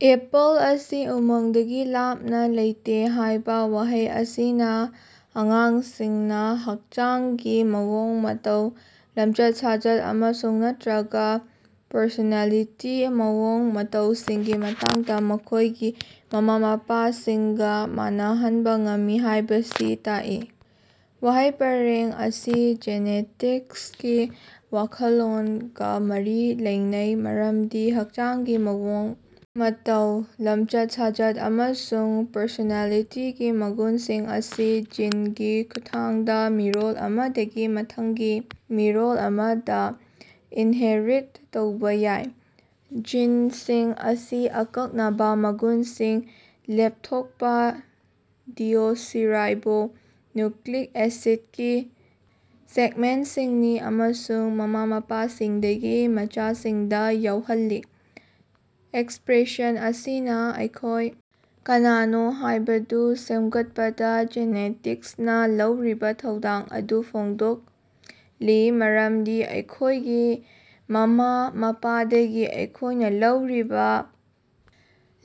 Apple ꯑꯁꯤ ꯎꯃꯪꯗꯒꯤ ꯂꯥꯞꯅ ꯂꯩꯇꯦ ꯍꯥꯏꯕ ꯋꯥꯍꯩ ꯑꯁꯤꯅ ꯑꯉꯥꯡꯁꯤꯡꯅ ꯍꯛꯆꯥꯡꯒꯤ ꯃꯑꯣꯡ-ꯃꯇꯧ, ꯂꯝꯆꯠ-ꯁꯥꯖꯠ ꯑꯃꯁꯨꯡ/ꯅꯠꯇ꯭ꯔꯒ ꯄꯔꯁꯣꯅꯦꯂꯤꯇꯤꯒꯤ ꯃꯑꯣꯡ-ꯃꯇꯧꯁꯤꯡꯒꯤ ꯃꯇꯥꯡꯗ ꯃꯈꯣꯏꯒꯤ ꯃꯃꯥ-ꯃꯄꯥꯁꯤꯡꯒ ꯃꯥꯟꯅꯍꯟꯕ ꯉꯝꯃꯤ ꯍꯥꯢꯕꯁꯤ ꯇꯥꯛꯏ ꯫ ꯋꯥꯍꯩ ꯄꯔꯦꯡ ꯑꯁꯤ ꯖꯦꯅꯦꯇꯤꯛꯁꯀꯤ ꯋꯥꯈꯜꯂꯣꯟꯒ ꯃꯔꯤ ꯂꯩꯅꯩ ꯃꯔꯝꯗꯤ ꯍꯛꯆꯥꯡꯒꯤ ꯃꯑꯣꯡ ꯃꯇꯧ, ꯂꯝꯆꯠ-ꯁꯥꯖꯠ ꯑꯃꯁꯨꯡ ꯄꯔꯁꯣꯅꯦꯂꯤꯇꯤꯒꯤ ꯃꯒꯨꯟꯁꯤꯡ ꯑꯁꯤ ꯖꯤꯟꯒꯤ ꯈꯨꯠꯊꯥꯡꯗ ꯃꯤꯔꯣꯜ ꯑꯃꯗꯒꯤ ꯃꯊꯪꯒꯤ ꯃꯤꯔꯣꯜ ꯑꯃꯗ ꯏꯟꯍꯦꯔꯤꯠ ꯇꯧꯕ ꯌꯥꯏ꯫ ꯖꯤꯟꯁꯤꯡ ꯑꯁꯤ ꯑꯀꯛꯅꯕ ꯃꯒꯨꯟꯁꯤꯡ ꯂꯦꯞꯊꯣꯛꯄ ꯗꯤꯑꯣꯛꯁꯤꯔꯥꯏꯕꯣ ꯅꯤꯌꯨꯀ꯭ꯂꯤꯛ ꯑꯦꯁꯤꯠ ꯒꯤ ꯁꯦꯒꯃꯦꯟꯇꯁꯤꯡꯅꯤ ꯑꯃꯁꯨꯡ ꯃꯃꯥ-ꯃꯄꯥꯁꯤꯡꯗꯒꯤ ꯃꯆꯥꯁꯤꯡꯗ ꯌꯧꯍꯜꯂꯤ꯫ ꯑꯦꯛꯁꯄ꯭ꯔꯦꯁꯟ ꯑꯁꯤꯅ ꯑꯩꯈꯣꯏ ꯀꯅꯥꯅꯣ ꯍꯥꯏꯕꯗꯨ ꯁꯦꯝꯒꯠꯄꯗ ꯖꯦꯅꯦꯇꯤꯛꯁꯅ ꯂꯧꯔꯤꯕ ꯊꯧꯗꯥꯡ ꯑꯗꯨ ꯐꯣꯡꯗꯣꯛꯂꯤ ꯃꯔꯝꯗꯤ ꯑꯩꯈꯣꯏꯒꯤ ꯃꯃꯥ-ꯃꯄꯥꯗꯒꯤ ꯑꯩꯈꯣꯏꯅ ꯂꯧꯔꯤꯕ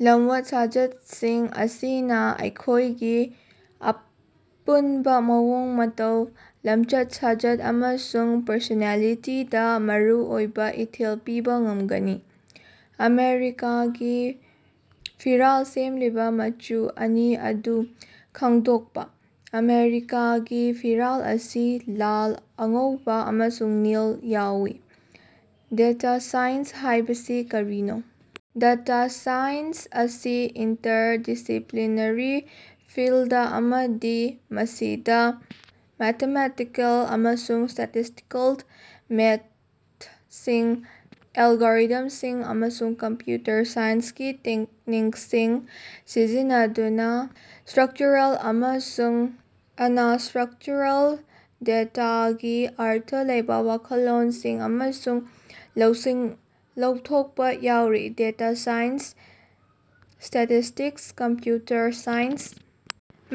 ꯂꯝꯋꯠ-ꯁꯥꯖꯠꯁꯤꯡ ꯑꯁꯤꯅ ꯑꯩꯈꯣꯏꯒꯤ ꯑꯄꯨꯟꯕ ꯃꯑꯣꯡ ꯃꯇꯧ, ꯂꯝꯆꯠ-ꯁꯥꯖꯠ ꯑꯃꯁꯨꯡ ꯄꯔꯁꯣꯅꯦꯂꯤꯇꯤꯗ ꯃꯔꯨꯑꯣꯏꯕ ꯏꯊꯤꯜ ꯄꯤꯕ ꯉꯝꯒꯅꯤ ꯫ ꯑꯃꯦꯔꯤꯀꯥꯒꯤ ꯐꯤꯔꯥꯜ ꯁꯦꯝꯂꯤꯕ ꯃꯆꯨ ꯑꯅꯤ ꯑꯗꯨ ꯈꯪꯗꯣꯛꯄ꯫ ꯑꯃꯦꯔꯤꯀꯥꯒꯤ ꯐꯤꯔꯥꯜ ꯑꯁꯤ ꯂꯥꯜ, ꯑꯉꯧꯕ ꯑꯃꯁꯨꯡ ꯅꯤꯜ ꯌꯥꯎꯏ꯫ ꯗꯦꯇꯥ ꯁꯥꯏꯟꯁ ꯍꯥꯢꯕꯁꯤ ꯀꯔꯤꯅꯣ? ꯗꯦꯇꯥ ꯁꯥꯏꯟꯁ ꯑꯁꯤ ꯏꯟꯇꯔꯗꯤꯁꯤꯄ꯭ꯂꯤꯅꯔꯤ ꯐꯤꯜꯗ ꯑꯃꯅꯤ ꯃꯁꯤꯗ ꯃꯦꯊꯃꯦꯇꯤꯀꯦꯜ ꯑꯃꯁꯨꯡ ꯁ꯭ꯇꯦꯇꯤꯁꯇꯤꯀꯦꯜ ꯃꯦꯊꯗꯁꯤꯡ, ꯑꯦꯜꯒꯣꯔꯤꯊꯝꯁꯤꯡ ꯑꯃꯁꯨꯡ ꯀꯝꯄ꯭ꯌꯨꯇꯔ ꯁꯥꯏꯟꯁꯀꯤ ꯇꯦꯛꯅꯤꯛꯁꯤꯡ ꯁꯤꯖꯤꯟꯅꯗꯨꯅ ꯁ꯭ꯇꯔꯀꯆꯔꯦꯜ ꯑꯃꯁꯨꯡ ꯑꯅꯁ꯭ꯇꯔꯀꯆꯔꯦꯜ ꯗꯦꯇꯥꯗꯒꯤ ꯑꯔꯊ ꯂꯩꯕ ꯋꯥꯈꯜꯂꯣꯟꯁꯤꯡ ꯑꯃꯁꯨꯡ ꯂꯧꯁꯤꯡ ꯂꯧꯊꯣꯛꯄ ꯌꯥꯎꯔꯤ꯫ ꯗꯦꯇꯥ ꯁꯥꯏꯟꯁꯅ ꯁ꯭ꯇꯦꯇꯤꯁꯇꯤꯛꯁ, ꯀꯝꯄ꯭ꯌꯨꯇꯔ ꯁꯥꯏꯟꯁ,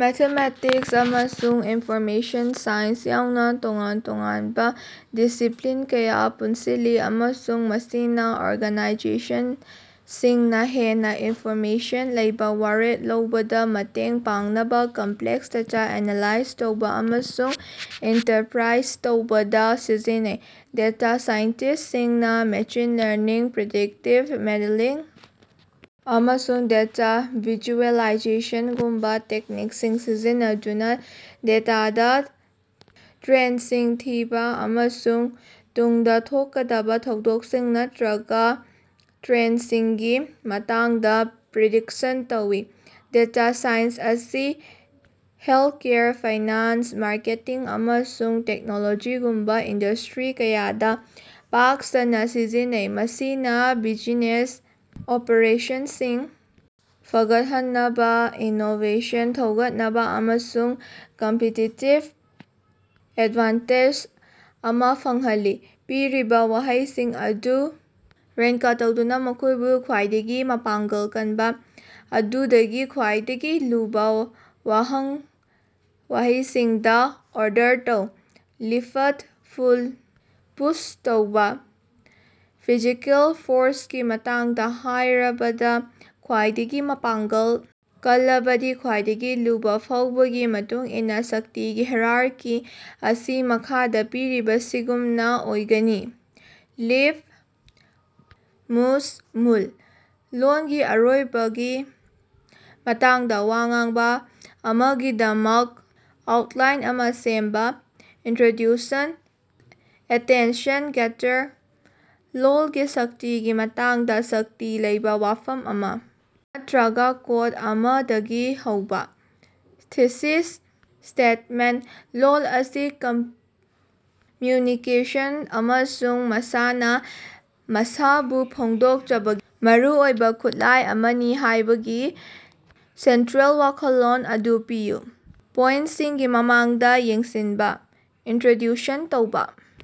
ꯃꯦꯊꯃꯦꯇꯤꯛꯁ ꯑꯃꯁꯨꯡ ꯏꯟꯐꯣꯔꯃꯦꯁꯟ ꯁꯥꯏꯟꯁ ꯌꯥꯎꯅ ꯇꯣꯉꯥꯟ-ꯇꯣꯉꯥꯟꯕ ꯗꯤꯁꯤꯄ꯭ꯂꯤꯟ ꯀꯌꯥ ꯄꯨꯟꯁꯤꯜꯂꯤ ꯑꯃꯁꯨꯡ ꯃꯁꯤꯅ ꯑꯣꯔꯒꯥꯅꯥꯏꯖꯦꯁꯟꯁꯤꯡꯅ ꯍꯦꯟꯅ ꯏꯟꯐꯣꯔꯃꯦꯁꯟ ꯂꯩꯕ ꯋꯥꯔꯦꯞ ꯂꯧꯕꯗ ꯃꯇꯦꯡ ꯄꯥꯡꯅꯕ ꯀꯝꯄ꯭ꯂꯦꯛꯁ ꯗꯦꯇꯥ ꯑꯦꯅꯥꯂꯥꯏꯖ ꯇꯧꯕ ꯑꯃꯁꯨꯡ ꯏꯟꯇꯔꯄ꯭ꯔꯥꯏꯖ ꯇꯧꯕꯗ ꯁꯤꯖꯤꯟꯅꯩ꯫ ꯗꯦꯇꯥ ꯁꯥꯏꯟꯇꯤꯁ꯭ꯇꯁꯤꯡꯅ ꯃꯦꯁꯤꯟ ꯂꯔꯅꯤꯡ, ꯄ꯭ꯔꯤꯗꯤꯛꯇꯤꯚ ꯃꯣꯗꯦꯂꯤꯡ ꯑꯃꯁꯨꯡ ꯗꯦꯇꯥ ꯚꯤꯖꯨꯑꯦꯂꯥꯏꯖꯦꯁꯟꯒꯨꯝꯕ ꯇꯦꯛꯅꯤꯛꯁꯤꯡ ꯁꯤꯖꯤꯟꯅꯗꯨꯅ ꯗꯦꯇꯥꯗ ꯇ꯭ꯔꯦꯟꯗꯁꯤꯡ ꯊꯤꯕ ꯑꯃꯁꯨꯡ ꯇꯨꯡꯗ ꯊꯣꯛꯀꯗꯕ ꯊꯧꯗꯣꯛꯁꯤꯡ ꯅꯠꯇ꯭ꯔꯒ ꯇ꯭ꯔꯦꯟꯗꯁꯤꯡꯒꯤ ꯃꯇꯥꯡꯗ ꯄ꯭ꯔꯤꯗꯤꯛꯁꯟ ꯇꯧꯏ꯫ ꯗꯦꯇꯥ ꯁꯥꯏꯟꯁ ꯑꯁꯤ ꯍꯦꯜꯊꯀꯦꯌꯔ, ꯐꯥꯏꯅꯥꯟꯁ, ꯃꯥꯔꯀꯦꯇꯤꯡ ꯑꯃꯁꯨꯡ ꯇꯦꯛꯅꯣꯂꯣꯖꯤꯒꯨꯝꯕ ꯏꯟꯗꯁꯇ꯭ꯔꯤ ꯀꯌꯥꯗ ꯄꯥꯛ ꯁꯟꯅ ꯁꯤꯖꯤꯟꯅꯩ, ꯃꯁꯤꯅ ꯕꯤꯖꯤꯅꯦꯁ ꯑꯣꯄꯔꯦꯁꯟꯁꯤꯡ ꯐꯒꯠꯍꯟꯅꯕ, ꯏꯅꯣꯚꯦꯁꯟ ꯊꯧꯒꯠꯅꯕ ꯑꯃꯁꯨꯡ ꯀꯝꯄꯤꯇꯤꯇꯤꯚ ꯑꯦꯗꯚꯥꯟꯇꯦꯖ ꯑꯃ ꯐꯪꯍꯜꯂꯤ꯫ ꯄꯤꯔꯤꯕ ꯋꯥꯍꯩꯁꯤꯡ ꯑꯗꯨ ꯔꯦꯡꯀ ꯇꯧꯗꯨꯅ, ꯃꯈꯣꯏꯕꯨ ꯈ꯭ꯋꯥꯏꯗꯒꯤ ꯃꯄꯥꯡꯒꯜ ꯀꯟꯕ ꯑꯗꯨꯗꯒꯤ ꯈ꯭ꯋꯥꯏꯗꯒꯤ ꯂꯨꯕ ꯋꯥꯍꯩꯁꯤꯡꯗ ꯑꯣꯔꯗꯔ ꯇꯧ꯫ ꯂꯤꯐꯠ, ꯄꯨꯜ, ꯄꯨꯁ ꯇꯧꯕ꯫ ꯐꯤꯖꯤꯀꯦꯜ ꯐꯣꯔꯁꯀꯤ ꯃꯇꯥꯡꯗ ꯍꯥꯏꯔꯕꯗ, ꯈ꯭ꯋꯥꯏꯗꯒꯤ ꯃꯄꯥꯡꯒꯜ ꯀꯜꯂꯕꯗꯤ ꯈ꯭ꯋꯥꯏꯗꯒꯤ ꯂꯨꯕ ꯐꯥꯎꯕꯒꯤ ꯃꯇꯨꯡ ꯏꯟꯅ ꯁꯛꯇꯤꯒꯤ ꯍꯥꯏꯔꯥꯔꯀꯤ ꯑꯁꯤ ꯃꯈꯥꯗ ꯄꯤꯔꯤꯕꯁꯤꯒꯨꯝꯅ ꯑꯣꯏꯒꯅꯤ: ꯂꯤꯐ, ꯄꯨꯁ, ꯄꯨꯜ꯫ ꯂꯣꯜꯒꯤ ꯃꯔꯨꯑꯣꯏꯕꯒꯤ ꯃꯇꯥꯡꯗ ꯋꯥ ꯉꯥꯡꯕ ꯑꯃꯒꯤꯗꯃꯛ ꯑꯥꯎꯇꯂꯥꯏꯟ ꯑꯃ ꯁꯦꯝꯕ꯫ ꯏꯟꯇ꯭ꯔꯣꯗ꯭ꯌꯨꯁꯟ ꯑꯦꯇꯦꯟꯁꯟ-ꯒꯦꯇꯔ: ꯂꯣꯜꯒꯤ ꯁꯛꯇꯤꯒꯤ ꯃꯇꯥꯡꯗ ꯁꯛꯇꯤ ꯂꯩꯕ ꯋꯥꯐꯝ ꯑꯃ ꯅꯠꯇ꯭ꯔꯒ ꯀꯣꯠ ꯑꯃꯗꯒꯤ ꯍꯧꯕ꯫ ꯊꯤꯁꯤꯁ ꯁ꯭ꯇꯦꯠꯃꯦꯟꯇ: ꯂꯣꯜ ꯑꯁꯤ ꯀꯝꯃ꯭ꯌꯨꯅꯤꯀꯦꯁꯟ ꯑꯃꯁꯨꯡ ꯃꯁꯥꯅ ꯃꯁꯥꯕꯨ ꯐꯣꯡꯗꯣꯛꯆꯕꯒꯤ ꯃꯔꯨꯑꯣꯏꯕ ꯈꯨꯠꯂꯥꯏ ꯑꯃꯅꯤ ꯍꯥꯏꯕꯒꯤ ꯁꯦꯟꯇ꯭ꯔꯦꯜ ꯋꯥꯈꯜꯂꯣꯟ ꯑꯗꯨ ꯄꯤꯌꯨ꯫ ꯄꯣꯏꯟꯇꯁꯤꯡꯒꯤ ꯃꯃꯥꯡꯗ ꯌꯦꯡꯁꯤꯟꯕ: ꯏꯟꯇ꯭ꯔꯣꯗ꯭ꯌꯨꯁꯟ ꯇꯧꯕ꯫